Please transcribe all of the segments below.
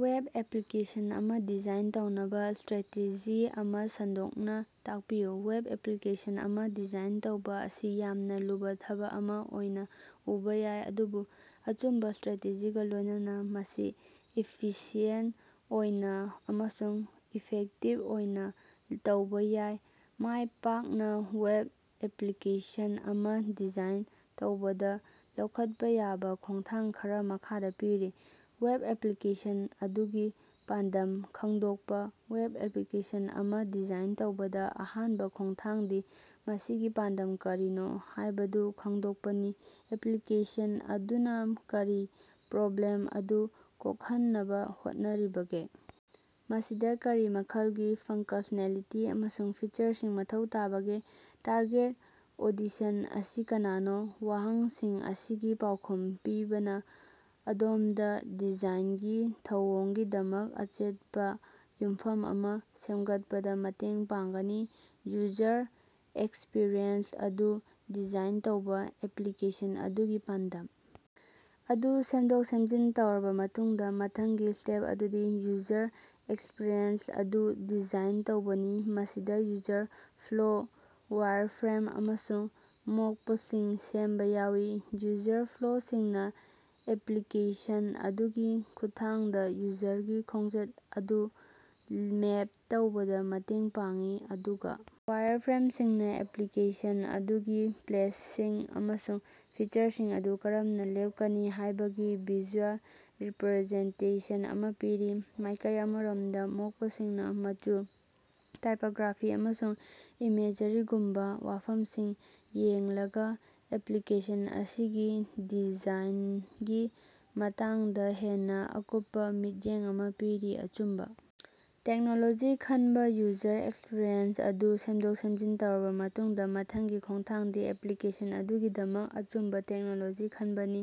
Web application ꯑꯃ design ꯇꯧꯅꯕꯒꯤ strategy ꯑꯃ ꯁꯟꯗꯣꯛꯅ ꯇꯥꯛꯄꯤꯌꯨ꯫ ꯋꯦꯕ ꯑꯦꯄꯂꯤꯀꯦꯁꯟ ꯑꯃ ꯗꯤꯖꯥꯏꯟ ꯇꯧꯕ ꯑꯁꯤ ꯌꯥꯝꯅ ꯂꯨꯕ ꯊꯕꯛ ꯑꯃ ꯑꯣꯏꯅ ꯎꯕ ꯌꯥꯏ, ꯑꯗꯨꯕꯨ ꯑꯆꯨꯝꯕ ꯁ꯭ꯇꯔꯥꯇꯦꯖꯤꯒ ꯂꯣꯏꯅꯅ ꯃꯁꯤ ꯏꯐꯤꯁꯤꯑꯦꯟꯇ ꯑꯣꯏꯅ ꯑꯃꯁꯨꯡ ꯏꯐꯦꯛꯇꯤꯕ ꯑꯣꯏꯅ ꯇꯧꯕ ꯌꯥꯏ꯫ ꯃꯥꯏꯄꯥꯛꯅ ꯋꯦꯕ ꯑꯦꯄꯂꯤꯀꯦꯁꯟ ꯑꯃ ꯗꯤꯖꯥꯏꯟ ꯇꯧꯕꯗ ꯂꯧꯈꯠꯄ ꯌꯥꯕ ꯈꯣꯡꯊꯥꯡ ꯈꯔꯥ ꯃꯈꯥꯗꯥ ꯄꯤꯔꯤ: ꯋꯦꯕ ꯑꯦꯄꯂꯤꯀꯦꯁꯟ ꯑꯗꯨꯒꯤ ꯄꯥꯟꯗꯝ ꯈꯪꯗꯣꯛꯄ: ꯋꯦꯕ ꯑꯦꯄꯂꯤꯀꯦꯁꯟ ꯑꯃ ꯗꯤꯖꯥꯏꯟ ꯇꯧꯕꯗ ꯑꯍꯥꯟꯕ ꯈꯣꯡꯊꯥꯡꯗꯤ ꯃꯁꯤꯒꯤ ꯄꯥꯟꯗꯝ ꯀꯔꯤꯅꯣ ꯍꯥꯏꯕꯗꯨ ꯈꯪꯗꯣꯛꯄꯅꯤ꯫ ꯑꯦꯄꯂꯤꯀꯦꯁꯟ ꯑꯗꯨꯅ ꯀꯔꯤ ꯄ꯭ꯔꯣꯕ꯭ꯂꯦꯝ ꯑꯗꯨ ꯀꯣꯛꯍꯟꯅꯕ ꯍꯣꯠꯅꯔꯤꯕꯒꯦ? ꯃꯁꯤꯗ ꯀꯔꯤ ꯃꯈꯜꯒꯤ ꯐꯪꯀꯁꯅꯦꯂꯤꯇꯤ ꯑꯃꯁꯨꯡ ꯐꯤꯆꯔꯁꯤꯡ ꯃꯊꯧ ꯇꯥꯕꯒꯦ? ꯇꯥꯔꯒꯦꯠ ꯑꯣꯗꯤꯁꯟ ꯑꯁꯤ ꯀꯅꯥꯅꯣ? ꯋꯥꯍꯪꯁꯤꯡ ꯑꯁꯤꯒꯤ ꯄꯥꯎꯈꯨꯝ ꯄꯤꯕꯅ ꯑꯗꯣꯝꯗ ꯗꯤꯖꯥꯏꯟꯒꯤ ꯊꯧꯑꯣꯡꯒꯤꯗꯃꯛ ꯑꯆꯦꯠꯄ ꯌꯨꯝꯐꯝ ꯑꯃ ꯁꯦꯝꯒꯠꯄꯗ ꯃꯇꯦꯡ ꯄꯥꯡꯒꯅꯤ꯫ ꯌꯨꯖꯔ ꯑꯦꯛꯁꯄꯤꯔꯤꯑꯦꯟꯁ ꯑꯗꯨ ꯗꯤꯐꯥꯏꯟ ꯇꯧꯕ: ꯑꯦꯄꯂꯤꯀꯦꯁꯟ ꯑꯗꯨꯒꯤ ꯄꯥꯟꯗꯝ ꯑꯗꯨ ꯁꯦꯝꯗꯣꯛ-ꯁꯦꯝꯖꯤꯟ ꯇꯧꯔꯕ ꯃꯇꯨꯡꯗ ꯃꯊꯪꯒꯤ ꯁ꯭ꯇꯦꯞ ꯑꯗꯨꯗꯤ ꯌꯨꯖꯔ ꯑꯦꯛꯁꯄꯤꯔꯤꯑꯦꯟꯁ ꯑꯗꯨ ꯗꯤꯖꯥꯏꯟ ꯇꯧꯕꯅꯤ꯫ ꯃꯁꯤꯗ ꯌꯨꯖꯔ ꯐ꯭ꯂꯣ, ꯋꯥꯏꯔꯐ꯭ꯔꯦꯝ, ꯑꯃꯁꯨꯡ ꯃꯣꯛꯄꯁꯤꯡ ꯁꯦꯝꯕ ꯌꯥꯎꯏ꯫ ꯌꯨꯖꯔ ꯐ꯭ꯂꯣꯁꯤꯡꯅ ꯑꯦꯄꯂꯤꯀꯦꯁꯟ ꯑꯗꯨꯒꯤ ꯈꯨꯠꯊꯥꯡꯗ ꯌꯨꯖꯔꯒꯤ ꯈꯣꯡꯆꯠ ꯑꯗꯨ ꯃꯦꯞ ꯇꯧꯕꯗ ꯃꯇꯦꯡ ꯄꯥꯡꯏ, ꯑꯗꯨꯒ ꯋꯥꯏꯔꯐ꯭ꯔꯦꯝꯁꯤꯡꯅ ꯑꯦꯄꯂꯤꯀꯦꯁꯟ ꯑꯗꯨꯒꯤ ꯄꯦꯖꯁꯤꯡ ꯑꯃꯁꯨꯡ ꯐꯤꯆꯔꯁꯤꯡ ꯑꯗꯨ ꯀꯔꯝꯅ ꯂꯦꯞꯀꯅꯤ ꯍꯥꯏꯕꯒꯤ ꯚꯤꯖꯨꯑꯦꯜ ꯔꯤꯄꯔꯖꯦꯟꯇꯦꯁꯟ ꯑꯃ ꯄꯤꯔꯤ꯫ ꯃꯥꯏꯀꯩ ꯑꯃꯔꯣꯝꯗ ꯃꯣꯛꯄꯁꯤꯡꯅ ꯃꯆꯨ, ꯇꯥꯏꯄꯒ꯭ꯔꯥꯐꯤ, ꯑꯃꯁꯨꯡ ꯏꯃꯦꯖꯔꯤꯒꯨꯝꯕ ꯋꯥꯐꯝꯁꯤꯡ ꯌꯦꯡꯂꯒ ꯑꯦꯄꯂꯤꯀꯦꯁꯟ ꯑꯁꯤꯒꯤ ꯗꯤꯖꯥꯏꯅꯒꯤ ꯃꯇꯥꯡꯗ ꯍꯦꯟꯅ ꯑꯀꯨꯞꯄ ꯃꯤꯠꯌꯦꯡ ꯑꯃ ꯄꯤꯔꯤ꯫ ꯑꯆꯨꯝꯕ ꯇꯦꯛꯅꯣꯂꯣꯖꯤ ꯈꯟꯕ: ꯌꯨꯖꯔ ꯑꯦꯛꯁꯄꯤꯔꯤꯑꯦꯟꯁ ꯑꯗꯨ ꯁꯦꯝꯗꯣꯛ-ꯁꯦꯝꯖꯤꯟ ꯇꯧꯔꯕ ꯃꯇꯨꯡꯗ ꯃꯊꯪꯒꯤ ꯈꯣꯡꯊꯥꯡꯗꯤ ꯑꯦꯄꯂꯤꯀꯦꯁꯟ ꯑꯗꯨꯒꯤꯗꯃꯛ ꯑꯆꯨꯝꯕ ꯇꯦꯛꯅꯣꯂꯣꯖꯤ ꯈꯟꯕꯅꯤ꯫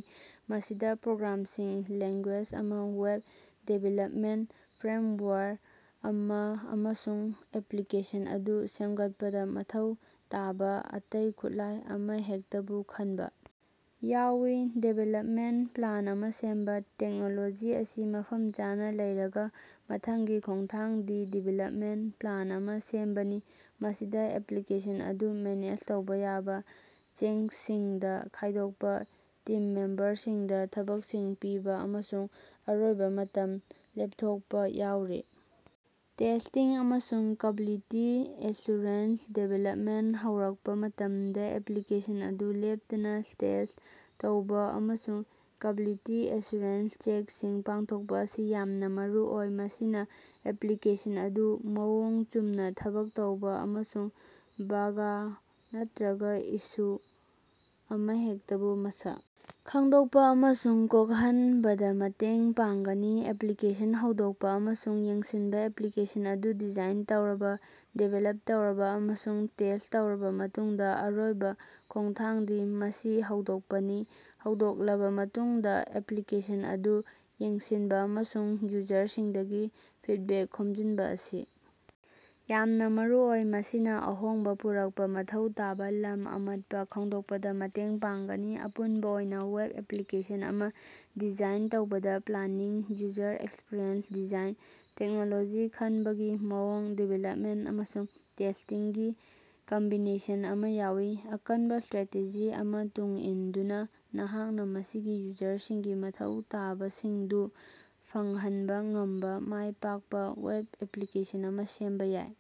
ꯃꯁꯤꯗ ꯄ꯭ꯔꯣꯒ꯭ꯔꯥꯃꯤꯡ ꯂꯦꯡꯒꯨꯌꯦꯖ ꯑꯃ, ꯋꯦꯕ ꯗꯤꯚꯦꯂꯄꯃꯦꯟꯇ ꯐ꯭ꯔꯦꯝꯋꯥꯔꯛ ꯑꯃ, ꯑꯃꯁꯨꯡ ꯑꯦꯄꯂꯤꯀꯦꯁꯟ ꯑꯗꯨ ꯁꯦꯝꯒꯠꯄꯗ ꯃꯊꯧ ꯇꯥꯕꯥ ꯑꯇꯩ ꯈꯨꯠꯂꯥꯏ ꯑꯃꯍꯦꯛꯇꯕꯨ ꯈꯟꯕ ꯌꯥꯎꯏ꯫ ꯗꯤꯕꯦꯂꯄꯃꯦꯟꯇ ꯄ꯭ꯂꯥꯟ ꯑꯃ ꯁꯦꯝꯕ: ꯇꯦꯛꯅꯣꯂꯣꯖꯤ ꯑꯁꯤ ꯃꯐꯝ ꯆꯥꯅ ꯂꯩꯔꯒ ꯃꯊꯪꯒꯤ ꯈꯣꯡꯊꯥꯡꯗꯤ ꯗꯤꯕꯦꯂꯄꯃꯦꯟꯇ ꯄ꯭ꯂꯥꯟ ꯑꯃ ꯁꯦꯝꯕꯅꯤ꯫ ꯃꯁꯤꯗ ꯑꯦꯄꯂꯤꯀꯦꯁꯟ ꯑꯗꯨ ꯃꯦꯅꯦꯖ ꯇꯧꯕ ꯌꯥꯕ ꯆꯦꯡꯁꯤꯡꯗ ꯈꯥꯏꯗꯣꯛꯄ, ꯇꯤꯝ ꯃꯦꯝꯕꯔꯁꯤꯡꯗ ꯊꯕꯛꯁꯤꯡ ꯄꯤꯕ ꯑꯃꯁꯨꯡ ꯑꯔꯣꯏꯕ ꯃꯇꯝ ꯂꯦꯄꯊꯣꯛꯄ ꯌꯥꯎꯔꯤ꯫ ꯇꯦꯁ꯭ꯇꯤꯡ ꯑꯃꯁꯨꯡ ꯀ꯭ꯕꯥꯂꯤꯇꯤ ꯑꯦꯁꯨꯔꯦꯟꯁ: ꯗꯤꯕꯦꯂꯄꯃꯦꯟꯇ ꯍꯧꯔꯛꯄ ꯃꯇꯝꯗ ꯑꯦꯄꯂꯤꯀꯦꯁꯟ ꯑꯗꯨ ꯂꯦꯞꯇꯅ ꯇꯦꯁ꯭ꯠ ꯇꯧꯕ ꯑꯃꯁꯨꯡ ꯀ꯭ꯕꯥꯂꯤꯇꯤ ꯑꯦꯁꯨꯔꯦꯟꯁ ꯆꯦꯛꯁꯤꯡ ꯄꯥꯡꯊꯣꯛꯄ ꯑꯁꯤ ꯌꯥꯝꯅ ꯃꯔꯨꯑꯣꯏ꯫ ꯃꯁꯤꯅ ꯑꯦꯄꯂꯤꯀꯦꯁꯟ ꯑꯗꯨ ꯃꯑꯣꯡ ꯆꯨꯝꯅ ꯊꯕꯛ ꯇꯧꯕ ꯑꯃꯁꯨꯡ ꯕꯥꯒ ꯅꯠꯇꯔꯒ ꯏꯁꯨ ꯑꯃꯍꯦꯛꯇꯕꯨ ꯃꯁꯛ ꯈꯪꯗꯣꯛꯄ ꯑꯃꯁꯨꯡ ꯀꯣꯛꯍꯟꯕꯗ ꯃꯇꯦꯡ ꯄꯥꯡꯒꯅꯤ꯫ ꯑꯦꯄꯂꯤꯀꯦꯁꯟ ꯍꯧꯗꯣꯛꯄ ꯑꯃꯁꯨꯡ ꯌꯦꯡꯁꯤꯟꯕ: ꯑꯦꯄꯂꯤꯀꯦꯁꯟ ꯑꯗꯨ ꯗꯤꯖꯥꯏꯟ ꯇꯧꯔꯕ, ꯗꯤꯕꯦꯂꯞ ꯇꯧꯔꯕ ꯑꯃꯁꯨꯡ ꯇꯦꯁ꯭ꯠ ꯇꯧꯔꯕ ꯃꯇꯨꯡꯗ ꯑꯔꯣꯏꯕ ꯈꯣꯡꯊꯥꯡꯗꯤ ꯃꯁꯤ ꯍꯧꯗꯣꯛꯄꯅꯤ꯫ ꯍꯧꯗꯣꯛꯂꯕ ꯃꯇꯨꯡꯗ ꯑꯦꯄꯂꯤꯀꯦꯁꯟ ꯑꯗꯨ ꯌꯦꯡꯁꯤꯟꯕ ꯑꯃꯁꯨꯡ ꯌꯨꯖꯔꯁꯤꯡꯗꯒꯤ ꯐꯤꯗꯕꯦꯛ ꯈꯣꯝꯖꯤꯟꯕ ꯑꯁꯤ ꯌꯥꯝꯅ ꯃꯔꯨꯑꯣꯏ꯫ ꯃꯁꯤꯅ ꯑꯍꯣꯡꯕ ꯄꯨꯔꯛꯄ ꯃꯊꯧ ꯇꯥꯕ ꯂꯝ ꯑꯃꯠꯇ ꯈꯪꯗꯣꯛꯄꯗ ꯃꯇꯦꯡ ꯄꯥꯡꯒꯅꯤ꯫ ꯑꯄꯨꯟꯕ ꯑꯣꯏꯅ ꯋꯦꯕ ꯑꯦꯄꯂꯤꯀꯦꯁꯟ ꯑꯃ ꯗꯤꯖꯥꯏꯟ ꯇꯧꯕꯗꯥ planning, user experience design, technology ꯈꯟꯕꯒꯤ ꯃꯑꯣꯡ, ꯗꯤꯕꯦꯂꯄꯃꯦꯟꯇ, ꯑꯃꯁꯨꯡ ꯇꯦꯁ꯭ꯇꯤꯡꯒꯤ ꯀꯝꯕꯤꯅꯦꯁꯟ ꯑꯃ ꯌꯥꯎꯏ꯫ ꯑꯀꯟꯕꯥ ꯁ꯭ꯇꯔꯥꯇꯦꯖꯤ ꯑꯃ ꯇꯨꯡ ꯏꯟꯗꯨꯅ, ꯅꯍꯥꯛꯅ ꯃꯁꯤꯒꯤ ꯌꯨꯖꯔꯁꯤꯡꯒꯤ ꯃꯊꯧ ꯇꯥꯕꯁꯤꯡꯗꯨ ꯐꯪꯍꯟꯕ ꯉꯝꯕ ꯃꯥꯏꯄꯥꯛꯄ ꯋꯦꯕ ꯑꯦꯄꯂꯤꯀꯦꯁꯟ ꯑꯃ ꯁꯦꯝꯕ ꯌꯥꯏ꯫।